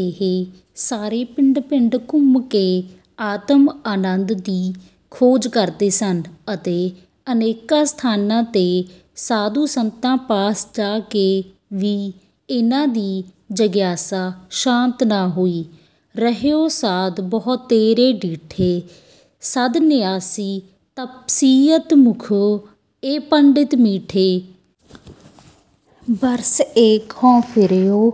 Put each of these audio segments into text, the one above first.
ਇਹ ਸਾਰੇ ਪਿੰਡ-ਪਿੰਡ ਘੁੰਮ ਕੇ ਆਤਮ-ਆਨੰਦ ਦੀ ਖੋਜ ਕਰਦੇ ਸਨ ਅਤੇ ਅਨੇਕਾਂ ਸਥਾਨਾਂ ’ਤੇ ਸਾਧੂ-ਸੰਤਾਂ ਪਾਸ ਜਾ ਕੇ ਵੀ ਇਹਨਾਂ ਦੀ ਜਿਗਿਆਸਾ ਸ਼ਾਂਤ ਨਾ ਹੋਈ। ਰਹਿਓ ਸਾਧ ਬਹੁਤੇਰੇ ਡਿਠੇ, ਸੰਧਨਿਆਸੀ ਤਪਸੀਅਤ ਮੁਖਹੁ ਏ ਪੰਡਿਤ ਮਿਠੇ। ਬਰਸੁ ਏਕੁ ਹਉ ਫਿਰਿਓ,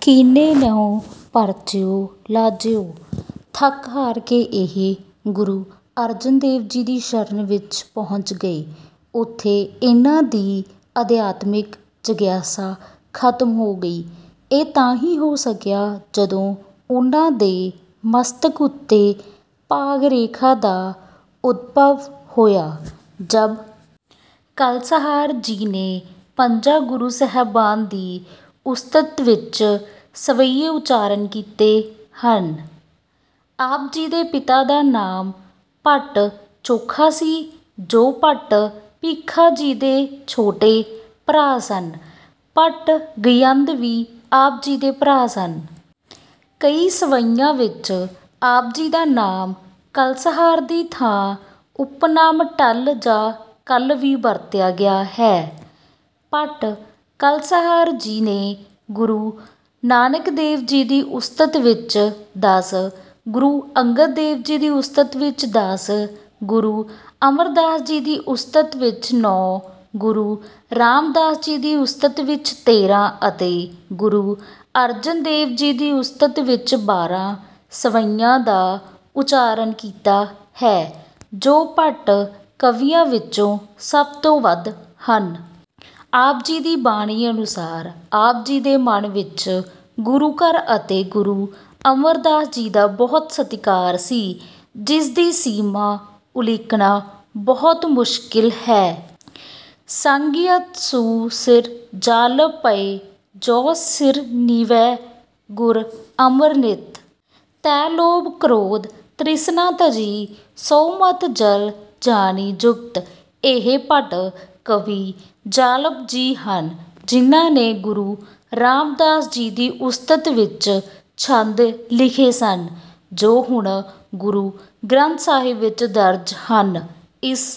ਕਿਨੈ ਨਹੁ ਪਰਚਉ ਲਾਯਉ। ਥੱਕ-ਹਾਰ ਕੇ ਇਹ ਗੁਰੂ ਅਰਜਨ ਦੇਵ ਜੀ ਦੀ ਸ਼ਰਨ ਵਿੱਚ ਪਹੁੰਚ ਗਏ। ਉੱਥੇ ਇਹਨਾਂ ਦੀ ਅਧਿਆਤਮਿਕ ਜਿਗਿਆਸਾ ਖ਼ਤਮ ਹੋ ਗਈ। ਇਹ ਤਾਂ ਹੀ ਹੋ ਸਕਿਆ, ਜਦੋਂ ਉਹਨਾਂ ਦੇ ਮਸਤਕ ਉੱਤੇ ਭਾਗ-ਰੇਖਾ ਦਾ ਉਦਭਵ ਹੋਇਆ। ਜਬ ਕਲਸਹਾਰ ਜੀ ਨੇ ਪੰਜਾਂ ਗੁਰੂ ਸਾਹਿਬਾਨ ਦੀ ਉਸਤਤ ਵਿੱਚ ਸਵੱਯੇ ਉਚਾਰਨ ਕੀਤੇ ਹਨ। ਆਪ ਜੀ ਦੇ ਪਿਤਾ ਦਾ ਨਾਮ ਭੱਟ ਚੋਖਾ ਸੀ, ਜੋ ਭੱਟ ਭੀਖਾ ਜੀ ਦੇ ਛੋਟੇ ਭਰਾ ਸਨ। ਭੱਟ ਗਯੰਦ ਵੀ ਆਪ ਜੀ ਦੇ ਭਰਾ ਸਨ। ਕਈ ਸਵੱਯਿਆਂ ਵਿੱਚ ਆਪ ਜੀ ਦਾ ਨਾਮ ਕਲਸਹਾਰ ਦੀ ਥਾਂ ਉਪਨਾਮ ‘ਟੱਲ’ ਜਾਂ ‘ਕਲ੍ਹ’ ਵੀ ਵਰਤਿਆ ਗਿਆ ਹੈ। ਭੱਟ ਕਲਸਹਾਰ ਜੀ ਨੇ ਗੁਰੂ ਨਾਨਕ ਦੇਵ ਜੀ ਦੀ ਉਸਤਤ ਵਿੱਚ ਦਸ, ਗੁਰੂ ਅੰਗਦ ਦੇਵ ਜੀ ਦੀ ਉਸਤਤ ਵਿੱਚ ਦਸ, ਗੁਰੂ ਅਮਰਦਾਸ ਜੀ ਦੀ ਉਸਤਤ ਵਿੱਚ ਨੌਂ, ਗੁਰੂ ਰਾਮਦਾਸ ਜੀ ਦੀ ਉਸਤਤ ਵਿੱਚ ਤੇਰ੍ਹਾਂ ਅਤੇ ਗੁਰੂ ਅਰਜਨ ਦੇਵ ਜੀ ਦੀ ਉਸਤਤ ਵਿੱਚ ਬਾਰ੍ਹਾਂ ਸਵੱਯਿਆਂ ਦਾ ਉਚਾਰਨ ਕੀਤਾ ਹੈ, ਜੋ ਭੱਟ ਕਵੀਆਂ ਵਿੱਚੋਂ ਸਭ ਤੋਂ ਵੱਧ ਹਨ। ਆਪ ਜੀ ਦੀ ਬਾਣੀ ਅਨੁਸਾਰ, ਆਪ ਜੀ ਦੇ ਮਨ ਵਿੱਚ ਗੁਰੂ-ਘਰ ਅਤੇ ਗੁਰੂ ਅਮਰਦਾਸ ਜੀ ਦਾ ਬਹੁਤ ਸਤਿਕਾਰ ਸੀ, ਜਿਸ ਦੀ ਸੀਮਾ ਉਲੀਕਣਾ ਬਹੁਤ ਮੁਸ਼ਕਿਲ ਹੈ। ਸਕਯਥੁ ਸੁ ਸਿਰੁ ਜਾਲਪੁ ਭਣੈ, ਜੁ ਸਿਰੁ ਨਿਵੈ ਗੁਰ ਅਮਰ ਨਿਤ। ਤੈ ਲੋਭੁ ਕ੍ਰੋਧੁ ਤ੍ਰਿਸਨਾ ਤਜੀ, ਸੁ ਮਤਿ ਜਲੁ ਜਾਣੀ ਜੁਗਤਿ। ਇਹ ਭੱਟ ਕਵੀ ਜਾਲਪ ਜੀ ਹਨ, ਜਿਨ੍ਹਾਂ ਨੇ ਗੁਰੂ ਰਾਮਦਾਸ ਜੀ ਦੀ ਉਸਤਤ ਵਿੱਚ ਛੰਦ ਲਿਖੇ ਸਨ, ਜੋ ਹੁਣ ਗੁਰੂ ਗ੍ਰੰਥ ਸਾਹਿਬ ਵਿੱਚ ਦਰਜ ਹਨ। ਇਸ